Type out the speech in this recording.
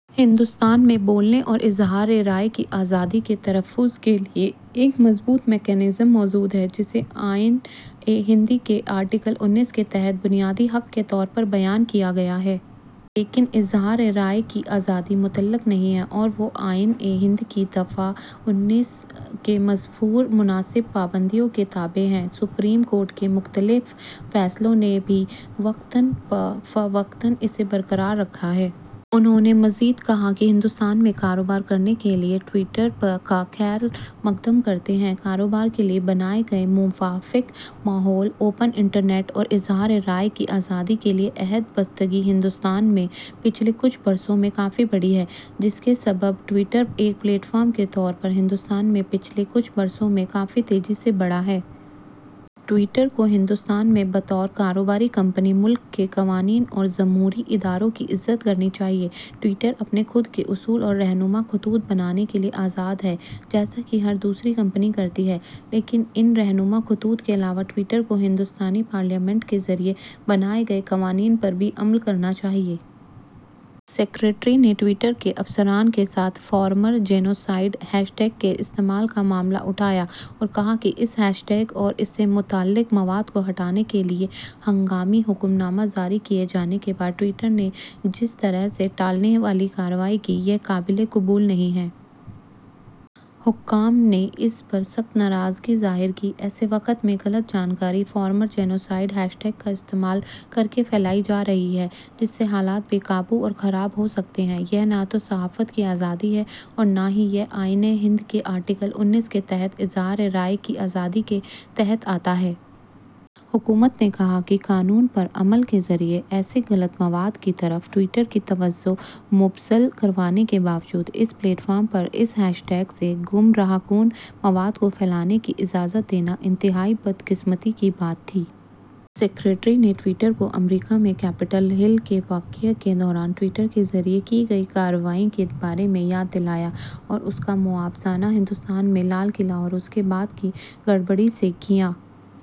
ہندوستان میں بولنے اور اظہار رائے کی آزادی کے تحفظ کے لیے ایک مضبوط میکینزم موجود ہے، جسے آئین ہند کے آرٹیکل انیس کے تحت بنیادی حق کے طور پر بیان کیا گیا ہے۔ لیکن اظہار رائے کی آزادی مطلق نہیں ہے اور وہ آئین ہند کی دفعہ انیس میں مذکور مناسب پابندیوں کے تابع ہے۔ سپریم کورٹ کے مختلف فیصلوں نے بھی وقتاً فوقتاً اسے برقرار رکھا ہے۔ انہوں نے مزید کہا کہ ہندوستان میں کاروبار کرنے کے لیے ٹوئیٹر کا خیرمقدم کرتے ہیں۔ کاروبار کے لیے بنائے گئے موافق ماحول، اوپن انٹرنیٹ اور اظہار رائے کی آزادی کے لیے عہد بستگی ہندوستان میں پچھلے کچھ برسوں میں کافی بڑھی ہے، جس کے سبب ٹوئیٹر ایک پلیٹ فارم کے طور پر ہندوستان میں پچھلے کچھ برسوں میں کافی تیزی سے بڑھا ہے۔ ٹوئیٹر کو ہندوستان میں بطور کاروباری کمپنی ملک کے قوانین اور جمہوری اداروں کی عزت کرنی چاہیے۔ ٹوئیٹر اپنے خود کے اصول اور رہنما خطوط بنانے کے لیے آزاد ہے، جیسا کہ ہر دوسری کمپنی کرتی ہے، لیکن ان رہنما خطوط کے علاوہ ٹوئیٹر کو ہندوستانی پارلیمنٹ کے ذریعے بنائے گئے قوانین پر بھی عمل کرنا چاہیے۔ سکریٹری نے ٹوئیٹر کے افسران کے ساتھ فارمر جینوسائیڈ ہیش ٹیگ کے استعمال کا معاملہ اٹھایا اور کہا کہ اس ہیش ٹیگ اور اس سے متعلق مواد کو ہٹانے کے لیے ہنگامی حکم نامہ جاری کیے جانے کے بعد ٹوئیٹر نے جس طرح سے ٹالنے والی کارروائی کی، یہ قابل قبول نہیں ہے۔ حکام نے اس پر سخت ناراضگی ظاہر کی۔ ایسے وقت میں غلط جانکاری فارمر جینوسائیڈ ہیش ٹیگ کا استعمال کرکے پھیلائی جارہی ہے، جس سے حالات بے قابو اور خراب ہوسکتے ہیں۔ یہ نہ تو صحافت کی آزادی ہے اور نہ ہی یہ آئین ہند کے آرٹیکل انیس کے تحت اظہار رائے کی آزادی کے تحت آتا ہے۔ حکومت نے کہا کہ قانون پر عمل کے ذریعے ایسے غلط مواد کی طرف ٹوئیٹر کی توجہ مبذول کروانے کے باوجود اس پلیٹ فارم پر اس ہیش ٹیگ سے گمراہ کن مواد کو پھیلانے کی اجازت دینا انتہائی بدقسمتی کی بات تھی۔ سکریٹری نے ٹوئیٹر کو امریکہ میں کیپٹل ہل کے واقعہ کے دوران ٹوئیٹر کے ذریعے کی گئی کارروائی کے بارے میں یاد دلایا اور اس کا موازنہ ہندوستان میں لال قلعہ اور اس کے بعد کی گڑبڑی سے کیا۔